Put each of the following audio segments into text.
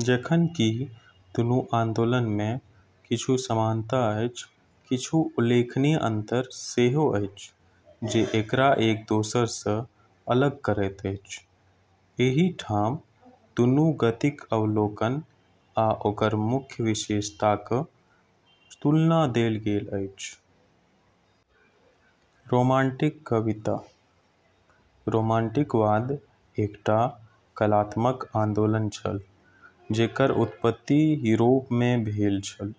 जखन कि दुनू आन्दोलन मे किछु समानता अछि, किछु उल्लेखनीय अंतर सेहो अछि जे एकरा एक दोसरा सँ अलग करैत अछि। एहि ठाम दुनू गतिक अवलोकन आ ओकर मुख्य विशेषताक तुलना देल गेल अछि। रोमांटिक कविता: रोमांटिकवाद एकटा कलात्मक आन्दोलन छल जेकर उत्पत्ति यूरोप मे भेल छल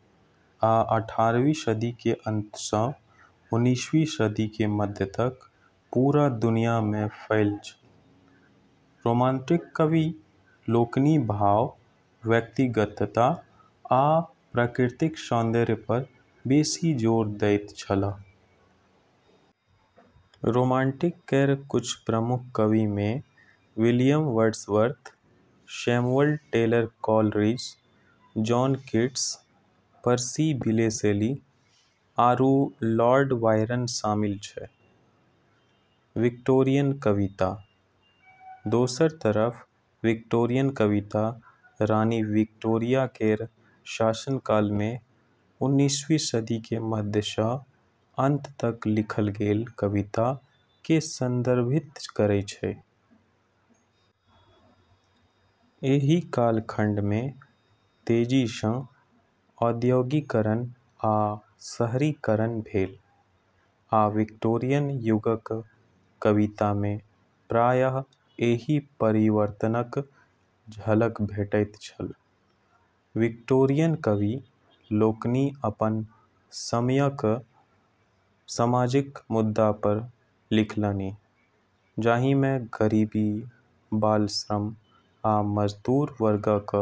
आ अठारहवीं सदी के अंत स उन्नीसवीं सदी के मध्य तक पूरा दुनिया में फैल छल। रोमांटिक कवि लोकनि भाव, व्यक्तिगतता, आ प्रकृतिक सौन्दर्य पर बेसी जोर दैत छलाह। रोमांटिक केर कुछ प्रमुख कविऽ मे William Wordsworth, Samuel Taylor Coleridge, John Keats, Percy Bysshe Shelley, आरू लॉर्ड बायरन शामिल छै। विक्टोरियन कविता: दोसर तरफ विक्टोरियन कविता रानी विक्टोरिया केर शासनकाल में, उन्नीसवीं सदी के मध्य स अंत तक लिखल गेल कविता के संदर्भित करै छै। एहि कालखंड मे तेजी सं औद्योगीकरण आ शहरीकरण भेल आ विक्टोरियन युगक कविता मे प्रायः एहि परिवर्तनक झलक भेटैत छल। विक्टोरियन कवि लोकनि अपन समयक सामाजिक मुद्दा पर लिखलनि जाहि मे गरीबी, बाल श्रम, आ मजदूर वर्गक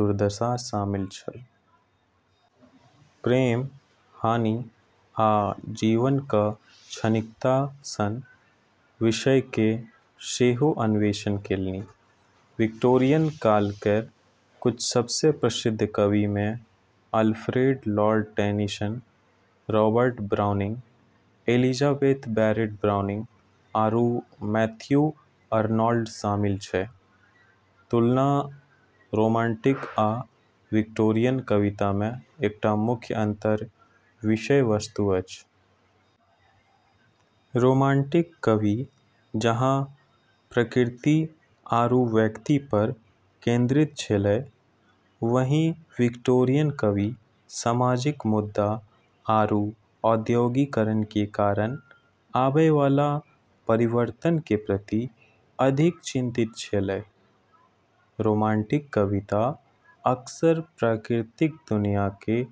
दुर्दशा शामिल छल। प्रेम, हानि, आ जीवनक क्षणिकता सन विषयक सेहो अन्वेषण केलनि। विक्टोरियन काल केर कुछ सबसें प्रसिद्ध कविऽ मे Alfred Lord Tennyson, Robert Browning, Elizabeth Barrett Browning, आरू मैथ्यू अर्नोल्ड शामिल छै। तुलना: रोमांटिक आ विक्टोरियन कविता मे एकटा मुख्य अंतर विषय वस्तु अछि। रोमांटिक कवि जहाँ प्रकृति आरू व्यक्ति पर केंद्रित छेलै, वहीं विक्टोरियन कवि सामाजिक मुद्दा आरू औद्योगीकरण के कारण आबै वाला परिवर्तन के प्रति अधिक चिंतित छेलै। रोमांटिक कविता अक्सर प्राकृतिक दुनिया के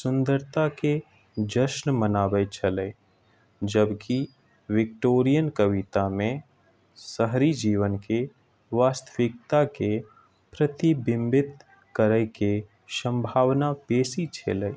सुंदरता के जश्न मनाबै छेलै, जबकि विक्टोरियन कविता में शहरी जीवन के वास्तविकता के प्रतिबिंबित करै के संभावना बेसी छेलै।